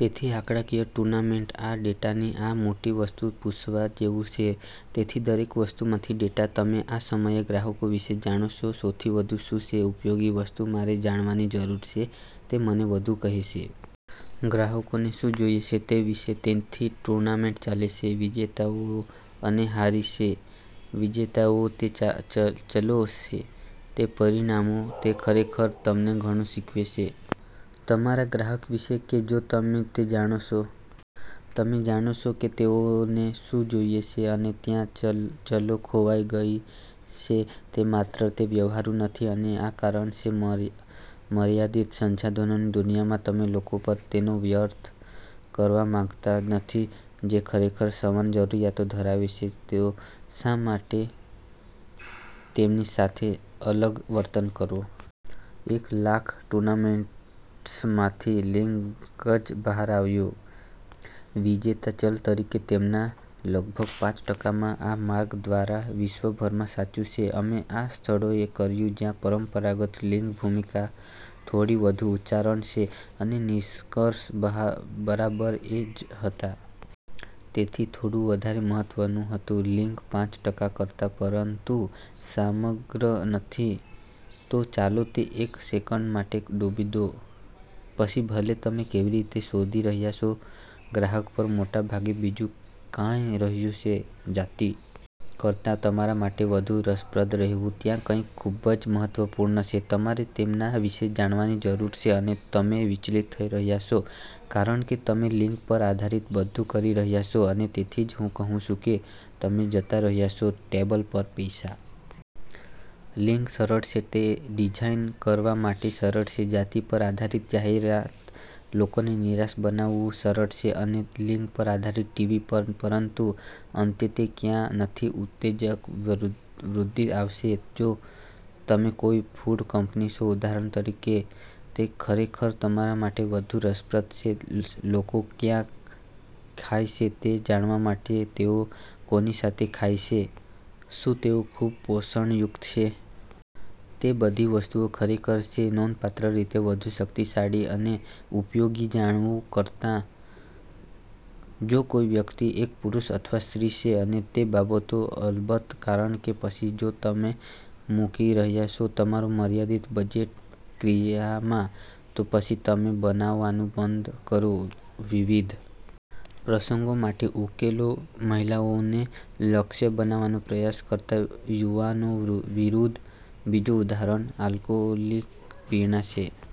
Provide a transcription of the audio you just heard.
તેથી આંકડાકીય ટૂર્નામેન્ટ આ ડેટાની આ મોટી વસ્તુ પૂછવા જેવું છે, તેથી દરેક વસ્તુમાંથી ડેટા તમે આ સમયે ગ્રાહકો વિશે જાણો છો, સૌથી વધુ શું છે ઉપયોગી વસ્તુ મારે જાણવાની જરૂર છે, તે મને વધુ કહે છે. ગ્રાહકોને શું જોઈએ છે તે વિશે? તેથી ટૂર્નામેન્ટ ચાલે છે વિજેતાઓ અને હારી છે. વિજેતાઓ તે ચલો છે, તે પરિમાણો, તે ખરેખર તમને ઘણું શીખવે છે તમારા ગ્રાહક વિશે, કે જો તમે તે જાણો છો. તમે જાણો છો કે તેઓને શું જોઈએ છે અને ત્યાં ચલો ખોવાઈ ગઈ છે તે માત્ર તે વ્યવહારુ નથી અને આ કારણ છે મર્યાદિત સંસાધનોની દુનિયામાં, તમે લોકો પર તેનો વ્યર્થ કરવા માંગતા નથી ,જે ખરેખર સમાન જરૂરિયાતો ધરાવે છે ,તો શા માટે તેમની સાથે અલગ વર્તન કરો? એક લાખ ટુર્નામેન્ટ્સમાંથી, લિંગ જ બહાર આવ્યું. વિજેતા ચલ તરીકે તેમાંના લગભગ પાંચ ટકામાં આ માર્ગ દ્વારા, વિશ્વભરમાં સાચું છે. અમે આ સ્થળોએ કર્યું જ્યાં પરંપરાગત લિંગ ભૂમિકા થોડી વધુ ઉચ્ચારણ છે અને નિષ્કર્ષ બરાબર એ જ હતા. તે થોડું વધારે મહત્વનું હતું. લિંગ પાંચ ટકા કરતા, પરંતુ સામગ્રી નથી. તો ચાલો તે એક સેકંડ માટે ડૂબી દો. પછી ભલે તમે કેવી રીતે શોધી રહ્યાં છો ગ્રાહક પર, મોટા ભાગે બીજું કાંઈ રહ્યું છે .જાતિ કરતાં તમારા માટે વધુ રસપ્રદ રહેવું. ત્યાં કંઈક ખૂબ જ મહત્વપૂર્ણ છે. તમારે તેમના વિશે જાણવાની જરૂર છે અને તમે વિચલિત થઈ રહ્યાં છો, કારણ કે તમે લિંગ પર આધારીત બધું કરી રહ્યા છો અને તેથી જ હું કહું છું કે તમે જતા રહ્યા છો ટેબલ પર પૈસા. લિંગ સરળ છે. તે ડિઝાઇન કરવા માટે સરળ છે, જાતિ પર આધારીત જાહેરાત, લોકોને નિશાન બનાવવું સરળ છે અને લિંગ પર આધારિત ટીવી પર, પરંતુ અંતે તે ક્યાં નથી ઉત્તેજક વૃદ્ધિ આવશે. જો તમે કોઈ ફૂડ કંપની છો, ઉદાહરણ તરીકે, તે ખરેખર તમારા માટે વધુ રસપ્રદ છે લોકો ક્યાં ખાય છે તે જાણવા માટે, તેઓ કોની સાથે ખાય છે, શું તેઓ ખૂબ પોષણયુક્ત છે? તે બધી વસ્તુઓ ખરેખર છે નોંધપાત્ર રીતે વધુ શક્તિશાળી અને ઉપયોગી જાણવું કરતાં જો કોઈ વ્યક્તિ એક પુરુષ અથવા સ્ત્રી છે અને તે બાબતો અલબત્ત, કારણ કે પછી જો તમે મૂકી રહ્યાં છો તમારું મર્યાદિત બજેટ ક્રિયામાં, તો પછી તમે બનાવવાનું બંધ કરો .વિવિધ પ્રસંગો માટે ઉકેલો મહિલાઓને લક્ષ્ય બનાવવાનો પ્રયાસ કરતાં યુવાનો વિરુદ્ધ. બીજું ઉદાહરણ આલ્કોહોલિક પીણાં છે.